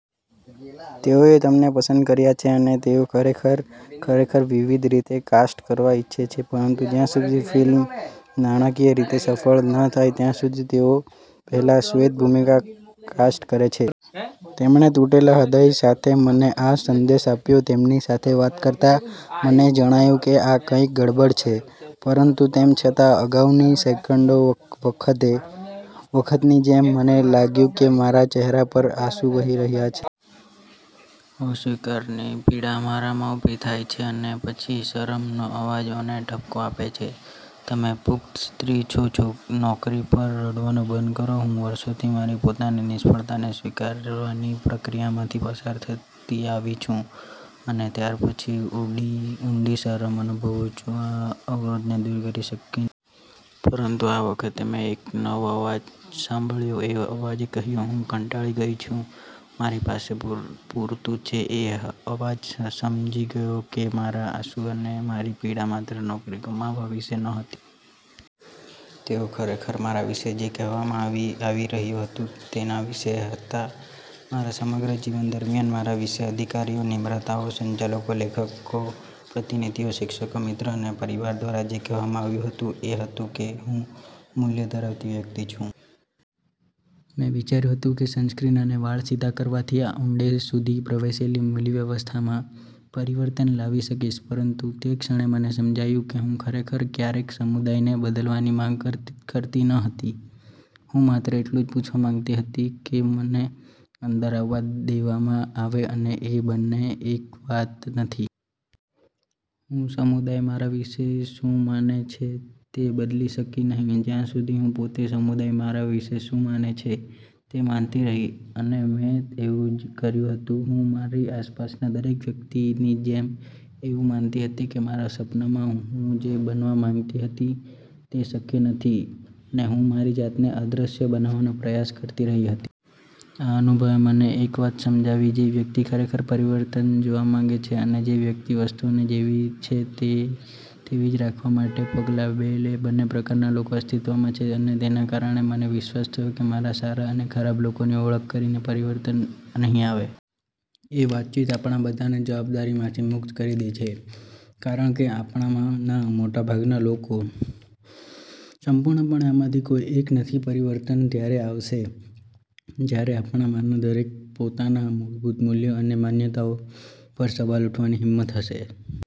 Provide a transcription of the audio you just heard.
તેઓએ તમને પસંદ કર્યા છે અને તેઓ ખરેખર, ખરેખર વિવિધ રીતે કાસ્ટ કરવા ઇચ્છે છે, પરંતુ જ્યાં સુધી ફિલ્મ નાણાકીય રીતે સફળ ન થાય ત્યાં સુધી તેઓ પહેલા શ્વેત ભૂમિકા કાસ્ટ કરે છે તેમણે તૂટેલા હૃદય સાથે મને આ સંદેશ આપ્યો. તેમની સાથે વાત કરતાં મને જણાયું કે આ કંઈક ગડબડ છે. પરંતુ તેમ છતાં, અગાઉની સેંકડો વખતે વખતની જેમ, મને લાગ્યું કે મારા ચહેરા પર આંસુ વહી રહ્યાં છે. અસ્વીકારની પીડા મારામાં ઊભી થાય છે અને પછી શરમનો અવાજ મને ઠપકો આપે છે, “તમે પુખ્ત સ્ત્રી છો, નોકરી પર રડવાનું બંધ કરો.” હું વર્ષોથી મારી પોતાની નિષ્ફળતાને સ્વીકારવાની પ્રક્રિયામાંથી પસાર થતી આવી છું અને ત્યાર પછી ઊંડી શરમ અનુભવું છું કે હું આ અવરોધોને દૂર કરી શકી નહીં. પરંતુ આ વખતે મેં એક નવો અવાજ સાંભળ્યો. એ અવાજે કહ્યું, “હું કંટાળી ગઈ છું. મારી પાસે પૂરતું છે.” એ અવાજ સમજી ગયો કે મારા આંસુ અને મારી પીડા માત્ર નોકરી ગુમાવવા વિશે નહોતી. તેઓ ખરેખર મારા વિશે જે કહેવામાં આવી રહ્યું હતું તેના વિશે હતાં. મારા સમગ્ર જીવન દરમિયાન મારા વિશે અધિકારીઓ, નિર્માતાઓ, સંચાલકો, લેખકો, પ્રતિનિધિઓ, શિક્ષકો, મિત્રો અને પરિવાર દ્વારા જે કહેવામાં આવ્યું હતું, તે એ હતું કે હું ઓછું મૂલ્ય ધરાવતી વ્યક્તિ છું. મેં વિચાર્યું હતું કે સનસ્ક્રીન અને વાળ સીધા કરવાથી આ ઊંડે સુધી પ્રવેશેલી મૂલ્યવ્યવસ્થામાં પરિવર્તન લાવી શકીશ. પરંતુ તે ક્ષણે મને સમજાયું કે હું ખરેખર ક્યારેય સમુદાયને બદલવાની માંગ કરતી નહોતી. હું માત્ર એટલું જ પૂછવા માંગતી હતી કે મને અંદર આવવા દેવામાં આવે, અને એ બંને એક વાત નથી. હું સમુદાય મારા વિશે શું માને છે તે બદલી શકી નહીં, જ્યાં સુધી હું પોતે સમુદાય મારા વિશે શું માને છે તે માનતી રહી. અને મેં એવું જ કર્યું હતું. હું, મારી આસપાસના દરેક વ્યક્તિની જેમ, એવું માનતી હતી કે મારા સ્વપ્નમાં હું જે બનવા માંગતી હતી તે શક્ય નથી, અને હું મારી જાતને અદૃશ્ય બનાવવાનો પ્રયાસ કરતી રહી હતી. આ અનુભવે મને એક વાત સમજાવી: જે વ્યક્તિ ખરેખર પરિવર્તન જોવા માંગે છે અને જે વ્યક્તિ વસ્તુઓને જેવી છે તેવી જ રાખવા માટે પગલાં લે છે, બંને પ્રકારના લોકો અસ્તિત્વમાં છે. અને તેના કારણે મને વિશ્વાસ થયો કે માત્ર સારા અને ખરાબ લોકોની ઓળખ કરીને પરિવર્તન નહીં આવે. એ વાતચીત આપણા બધાને જવાબદારીમાંથી મુક્ત કરી દે છે, કારણ કે આપણામાંના મોટાભાગના લોકો સંપૂર્ણપણે આમાંથી કોઈ એક નથી. પરિવર્તન ત્યારે આવશે જ્યારે આપણામાંના દરેકમાં પોતાના મૂળભૂત મૂલ્યો અને માન્યતાઓ પર સવાલ ઉઠાવવાની હિંમત હશે.